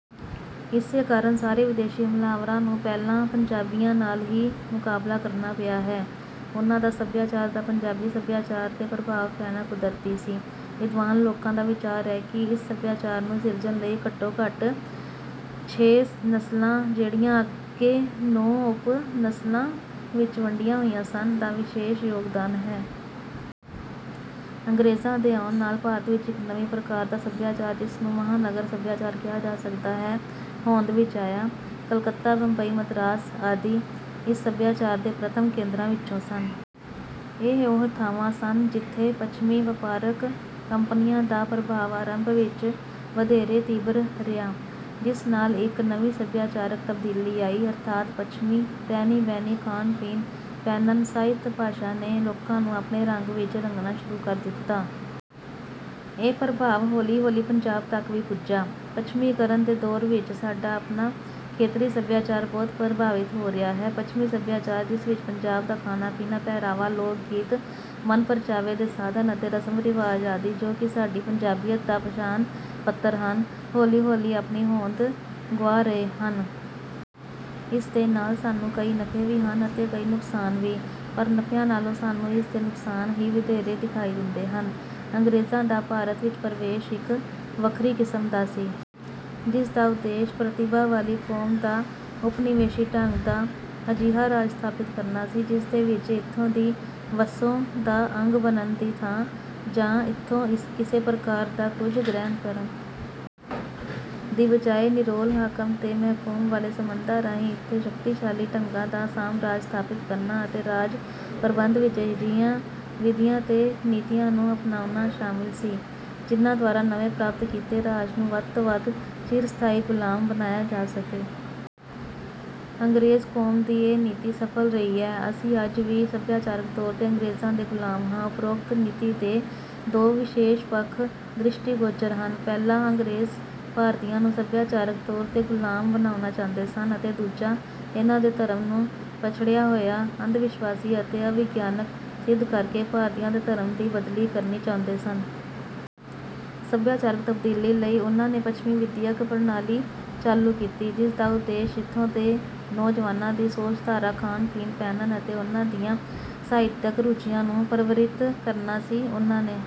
ਇਸੇ ਕਾਰਨ ਸਾਰੇ ਵਿਦੇਸ਼ੀ ਹਮਲਾਵਰਾਂ ਨੂੰ ਪਹਿਲਾਂ ਪੰਜਾਬੀਆਂ ਨਾਲ ਹੀ ਮੁਕਾਬਲਾ ਕਰਨਾ ਪਿਆ ਹੈ। ਉਨ੍ਹਾਂ ਦਾ ਸਭਿਆਚਾਰ ਦਾ ਪੰਜਾਬੀ ਸਭਿਆਚਾਰ 'ਤੇ ਪ੍ਰਭਾਵ ਪੈਣਾ ਕੁਦਰਤੀ ਸੀ। ਵਿਦਵਾਨ ਲੋਕਾਂ ਦਾ ਵਿਚਾਰ ਹੈ ਕਿ ਇਸ ਸਭਿਆਚਾਰ ਨੂੰ ਸਿਰਜਣ ਲਈ ਘੱਟੋ-ਘੱਟ ਛੇ ਨਸਲਾਂ, ਜਿਹੜੀਆਂ ਅੱਗੇ ਨੌਂ ਉਪ-ਨਸਲਾਂ ਵਿੱਚ ਵੰਡੀਆਂ ਹੋਈਆਂ ਸਨ, ਦਾ ਵਿਸ਼ੇਸ਼ ਯੋਗਦਾਨ ਹੈ। ਅੰਗਰੇਜ਼ਾਂ ਦੇ ਆਉਣ ਨਾਲ ਭਾਰਤ ਵਿੱਚ ਇੱਕ ਨਵੀਂ ਪ੍ਰਕਾਰ ਦਾ ਸਭਿਆਚਾਰ, ਜਿਸ ਨੂੰ "ਮਹਾਨਗਰ" ਸਭਿਆਚਾਰ ਕਿਹਾ ਜਾ ਸਕਦਾ ਹੈ, ਹੋਂਦ ਵਿੱਚ ਆਇਆ। ਕਲਕੱਤਾ, ਬੰਬਈ, ਮਦਰਾਸ ਆਦਿ ਇਸ ਸਭਿਆਚਾਰ ਦੇ ਪ੍ਰਥਮ ਕੇਂਦਰਾਂ ਵਿੱਚੋਂ ਸਨ। ਇਹ ਉਹ ਥਾਵਾਂ ਸਨ ਜਿੱਥੇ ਪੱਛਮੀ ਵਪਾਰਕ ਕੰਪਨੀਆਂ ਦਾ ਪ੍ਰਭਾਵ ਆਰੰਭ ਵਿੱਚ ਵਧੇਰੇ ਤੀਬਰ ਰਿਹਾ, ਜਿਸ ਨਾਲ ਇੱਕ ਨਵੀਂ ਸਭਿਆਚਾਰਕ ਤਬਦੀਲੀ ਆਈ। ਅਰਥਾਤ ਪੱਛਮੀ ਰਹਿਣੀ-ਬਹਿਣੀ, ਖਾਣ-ਪੀਣ, ਪਹਿਨਣ, ਸਾਹਿਤ, ਭਾਸ਼ਾ ਨੇ ਲੋਕਾਂ ਨੂੰ ਆਪਣੇ ਰੰਗ ਵਿੱਚ ਰੰਗਣਾ ਸ਼ੁਰੂ ਕਰ ਦਿੱਤਾ। ਇਹ ਪ੍ਰਭਾਵ ਹੌਲੀ-ਹੌਲੀ ਪੰਜਾਬ ਤੱਕ ਵੀ ਪੁੱਜਾ। ਪੱਛਮੀਕਰਨ ਦੇ ਦੌਰ ਵਿੱਚ ਸਾਡਾ ਆਪਣਾ ਖੇਤਰੀ ਸਭਿਆਚਾਰ ਬਹੁਤ ਪ੍ਰਭਾਵਿਤ ਹੋ ਰਿਹਾ ਹੈ। ਪੱਛਮੀ ਸਭਿਆਚਾਰ, ਜਿਸ ਵਿੱਚ ਪੰਜਾਬ ਦਾ ਖਾਣਾ-ਪੀਣਾ, ਪਹਿਰਾਵਾ, ਲੋਕ-ਗੀਤ, ਮਨ-ਪ੍ਰਚਾਵੇ ਦੇ ਸਾਧਨ ਅਤੇ ਰਸਮ-ਰਿਵਾਜ ਆਦਿ ਜੋ ਕਿ ਸਾਡੀ ਪੰਜਾਬੀਅਤ ਦਾ ਪਛਾਣ-ਪੱਤਰ ਹਨ, ਹੌਲੀ-ਹੌਲੀ ਆਪਣੀ ਹੋਂਦ ਗੁਆ ਰਹੇ ਹਨ। ਇਸ ਦੇ ਨਾਲ ਸਾਨੂੰ ਕਈ ਨਫ਼ੇ ਵੀ ਹਨ ਅਤੇ ਕਈ ਨੁਕਸਾਨ ਵੀ। ਪਰ ਨਫ਼ਿਆਂ ਨਾਲੋਂ ਸਾਨੂੰ ਇਸਦੇ ਨੁਕਸਾਨ ਹੀ ਵਧੇਰੇ ਦਿਖਾਈ ਦਿੰਦੇ ਹਨ। ਅੰਗਰੇਜ਼ਾਂ ਦਾ ਭਾਰਤ ਵਿੱਚ ਪ੍ਰਵੇਸ਼ ਇੱਕ ਵੱਖਰੀ ਕਿਸਮ ਦਾ ਸੀ, ਜਿਸ ਦਾ ਉਦੇਸ਼ ਪ੍ਰਤਿਭਾ ਵਾਲੀ ਕੌਮ ਦਾ ਉਪਨਿਵੇਸ਼ੀ ਢੰਗ ਦਾ ਅਜਿਹਾ ਰਾਜ ਸਥਾਪਿਤ ਕਰਨਾ ਸੀ, ਜਿਸਦੇ ਵਿੱਚ ਇੱਥੋਂ ਦੀ ਵਸੋਂ ਦਾ ਅੰਗ ਬਣਨ ਦੀ ਥਾਂ ਜਾਂ ਇੱਥੋਂ ਕਿਸੇ ਪ੍ਰਕਾਰ ਦਾ ਕੁਝ ਗ੍ਰਹਿਣ ਕਰਨ ਦੀ ਬਜਾਏ, ਨਿਰੋਲ ਹਾਕਮ ਤੇ ਮਹਿਕੂਮ ਵਾਲੇ ਸੰਬੰਧਾਂ ਰਾਹੀਂ ਇੱਥੇ ਸ਼ਕਤੀਸ਼ਾਲੀ ਢੰਗਾਂ ਦਾ ਸਾਮਰਾਜ ਸਥਾਪਿਤ ਕਰਨਾ ਅਤੇ ਰਾਜ-ਪ੍ਰਬੰਧ ਵਿੱਚ ਅਜਿਹੀਆਂ ਵਿਧੀਆਂ ਤੇ ਨੀਤੀਆਂ ਨੂੰ ਅਪਨਾਉਣਾ ਸ਼ਾਮਿਲ ਸੀ, ਜਿਨ੍ਹਾਂ ਦੁਆਰਾ ਨਵੇਂ ਪ੍ਰਾਪਤ ਕੀਤੇ ਰਾਜ ਨੂੰ ਵੱਧ ਤੋਂ ਵੱਧ ਚਿਰ ਸਥਾਈ ਗ਼ੁਲਾਮ ਬਣਾਇਆ ਜਾ ਸਕੇ। ਅੰਗਰੇਜ਼ ਕੌਮ ਦੀ ਇਹ ਨੀਤੀ ਸਫਲ ਰਹੀ ਹੈ। ਅਸੀਂ ਅੱਜ ਵੀ ਸਭਿਆਚਾਰਕ ਤੌਰ 'ਤੇ ਅੰਗਰੇਜ਼ਾਂ ਦੇ ਗੁਲਾਮ ਹਾਂ। ਉਪਰੋਕਤ ਨੀਤੀ ਦੇ ਦੋ ਵਿਸ਼ੇਸ਼ ਪੱਖ ਦ੍ਰਿਸ਼ਟੀਗੋਚਰ ਹਨ। ਪਹਿਲਾ, ਅੰਗਰੇਜ਼ ਭਾਰਤੀਆਂ ਨੂੰ ਸਭਿਆਚਾਰਕ ਤੌਰ 'ਤੇ ਗ਼ੁਲਾਮ ਬਣਾਉਣਾ ਚਾਹੁੰਦੇ ਸਨ, ਅਤੇ ਦੂਜਾ, ਇਨ੍ਹਾਂ ਦੇ ਧਰਮ ਨੂੰ ਪਛੜਿਆ ਹੋਇਆ, ਅੰਧ-ਵਿਸ਼ਵਾਸੀ ਅਤੇ ਅਵਿਗਿਆਨਕ ਸਿੱਧ ਕਰਕੇ ਭਾਰਤੀਆਂ ਦੇ ਧਰਮ ਦੀ ਬਦਲੀ ਕਰਨੀ ਚਾਹੁੰਦੇ ਸਨ। ਸਭਿਆਚਾਰਕ ਤਬਦੀਲੀ ਲਈ ਉਨ੍ਹਾਂ ਨੇ ਪੱਛਮੀ ਵਿਦਿਅਕ ਪ੍ਰਣਾਲੀ ਚਾਲੂ ਕੀਤੀ, ਜਿਸ ਦਾ ਉਦੇਸ਼ ਇੱਥੋਂ ਦੇ ਨੌਜਵਾਨਾਂ ਦੀ ਸੋਚ-ਧਾਰਾ, ਖਾਣ-ਪੀਣ, ਪਹਿਨਣ ਅਤੇ ਉਨ੍ਹਾਂ ਦੀਆਂ ਸਾਹਿਤਿਕ ਰੁਚੀਆਂ ਨੂੰ ਪਰਿਵਰਤਿਤ ਕਰਨਾ ਸੀ। ਉਨ੍ਹਾਂ ਨੇ